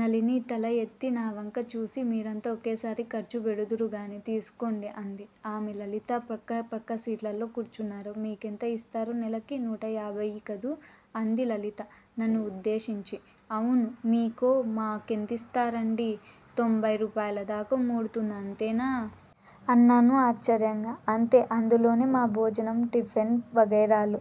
నళిని తల ఎత్తి నా వంక చూసి మీరంతా ఒకేసారి ఖర్చు పెడుదురుగానీ, తీసుకోండి అంది. ఆమె, లలితా ప్రక్క ప్రక్క సీట్లలో కూర్చున్నారు. మీకెంత యిస్తారు నెలకి? నూటయాభయి కదూ' అంది లలిత, నన్ను ఉద్దేశించి. అవును. మీకో? మా కెంతిస్తారండీ? తొంభయి రూపాయలదాకా ముడుతుంది అంతేనా? అన్నాను ఆశ్చర్యంగా. అంతే! అందులోనే మా భోజనం, టిఫిన్ వగైరాలు,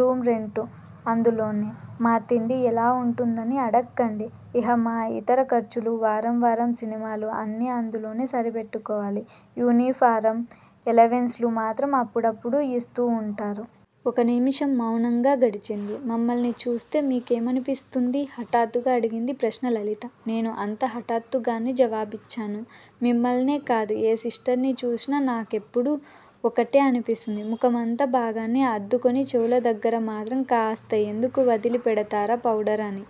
రూమ్ రెంటూ అందులోనే. మా తిండి ఎలా వుంటుందని అడక్కండి. ఇహ మా యితర ఖర్చులూ, వారం వారం సినిమాలూ అన్నీ అందులోనే సరి పెట్టుకోవాలి, యూనిఫారం ఎలవెన్సులు మాత్రం అప్పుడప్పుడూ యిస్తూ వుంటారు. ఒక నిముషం మౌనంగా గడిచింది. మమ్మల్ని చూస్తే మీ కేమనిపిస్తుంది? హఠాత్తుగా అడిగిందీ ప్రశ్న లలిత. నేనూ అంత హఠాత్తుగానే జవాబిచ్చాను! మిమ్మల్నే కాదు, ఏ సిస్టర్ని చూసినా నా కెప్పుడూ ఒకటే అనిపిస్తుంది _ ముఖమంతా బాగానే అద్దుకుని చెవుల దగ్గర మాత్రం కాస్త ఎందుకు వదిలి పెడతారా పౌడర్ అని.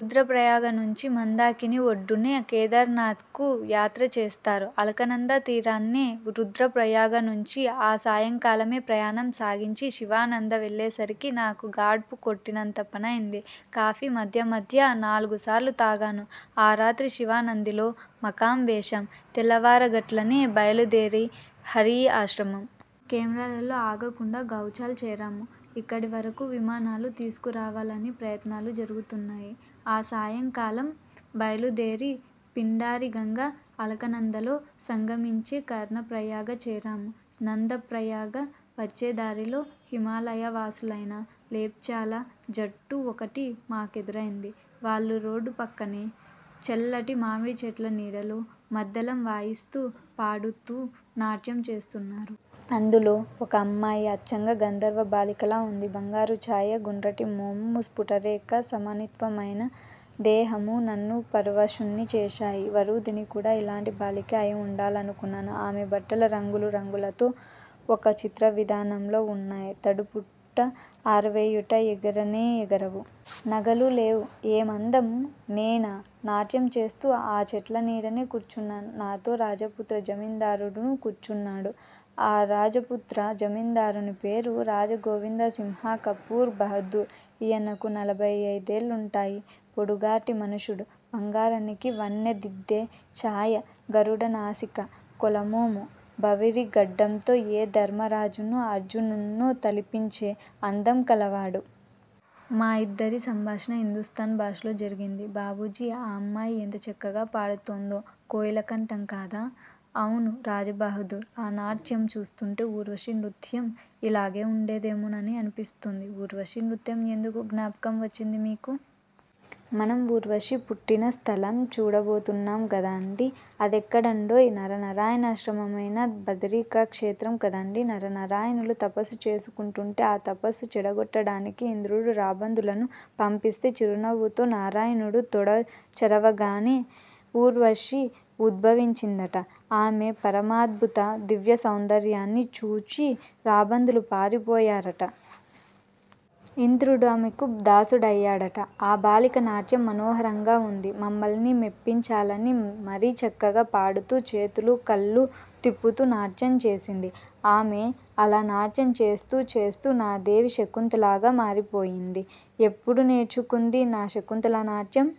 రుద్రప్రయాగనుంచి మందాకిని ఒడ్డునే కేదారనాథ్ కు యాత్ర చేస్తారు. అలకనందా తీరాన్నే రుద్రప్రయాగనుంచి ఆ సాయంకాలమే ప్రయాణం సాగించి, శివానంద వెళ్ళేసరికి నాకు గాడ్పు కొట్టినంత పనైంది. కాఫీ మధ్య మధ్య నాలుగు సారులు తాగాను. ఆ రాత్రి శివానందిలో మకాం వేశాం. తెల్లవారగట్లనే బయలుదేరి హరి ఆశ్రమం. ఖమెరాలలో ఆగకుండా గౌచాల్ చేరాము. ఇక్కడవరకు విమానాలు తీసుకురావాలని ప్రయత్నాలు జరుగుతున్నాయి. ఆ సాయంకాలం బయలుదేరి, పిండారిగంగ అలకనందలో సంగమించే కర్ణప్రయాగ చేరాము. నందప్రయాగ వచ్చేదారిలో హిమాలయవాసులైన లేప్చాల జట్టు ఒకటి మా కెదురైంది. వాళ్ళు రోడ్డు ప్రక్కనే చల్లటి మామిడిచెట్ల నీడలో మద్దళం వాయిస్తూ పాడుతూ నాట్యం చేస్తున్నారు. అందులో ఒక అమ్మాయి అచ్చంగా గంధర్వ బాలికలా ఉంది. బంగారు చాయ, గుండ్రటి మోము, స్పుటరేఖా సమన్వితమైన దేహమూ నన్ను పరవశుణ్ణి చేశాయి. వరూధిని కూడా ఈలాంటి బాలికే అయి ఉండాలనుకున్నాను. ఆమె బట్టలు రంగు రంగులతో ఒక చిత్రవిధానంలో వున్నాయి, తడుపుట, ఆరవేయుట ఎగరనే ఎగరవు. నగలూ లేవు. ఏమి అందము! నేనా నాట్యం చూస్తూ ఆ చెట్లనీడనే కూర్చున్నాను. నాతో రాజపుత్ర జమీందారుడును కూర్చున్నాడు. ఆ రాజపుత్ర జమీందారుని పేరు రాజగోవిందసింహకపూర్ బహదూర్, ఈయనకు నలభై అయిదేళ్ళుంటాయి. పొడుగాటి మనుష్యుడు. బంగారానికి వన్నెదిద్దే చాయ. గరుడనాసిక, కోలమోము, బవిరి గడ్డంతో ఏ ధర్మరాజునో, అర్జునుణ్ణో తలపించే అందం కలవాడు. మా ఇద్దరి సంభాషణ హిందూస్థాన్ భాషలో జరిగింది. ''బాబూజీ! ఆ అమ్మాయి ఎంత చక్కగా పాడుతోంది. కోయిల కంఠం కాదా? '' ''అవును రాజబహదూర్! ఆ నాట్యం చూస్తోంటే ఊర్వశి నృత్యం ఈలాగే వుండేదేమోనని అనిపిస్తోంది. '' ''ఊర్వశి నృత్యం ఎందుకు జ్ఞాపకం వచ్చింది మీకు? '' ''మనం ఊర్వశి పుట్టిన స్థలం చూడబోతున్నాం గాదా అండి? '' ''అదేక్కడండోయ్?! '' ''నరనారాయణాశ్రమమైన బదరికా క్షేత్రమే కదాండి. నరనారాయణులు తపస్సు చేసుకొంటుంటే, ఆ తపస్సు చెడగొట్టడానికి ఇంద్రుడు రంబాదులను పంపిస్తే చిరునవ్వతో నారాయణుడు తొడ చరవగానే, ఊర్వశి ఉద్భవించిందట. ఆమె పరమాద్భుత దివ్య సౌందర్యాన్ని చూచి రంబాదులు పారిపోయారట. ఇంద్రు డామెకు దాసుడయ్యాడట. ఆ బాలిక నాట్యం మనోహరంగా ఉంది. మమ్మల్ని మెప్పించాలని మరీ చక్కగా పాడుతూ, చేతులూ కళ్ళూ తిప్పుతూ నాట్యం చేసింది. ఆమె అలా నాట్యం చేస్తూ, చేస్తూ నాదేవి శకుంతలగా మారిపోయింది. ఎప్పుడు నేర్చుకుంది నా శకుంతల నాట్యం?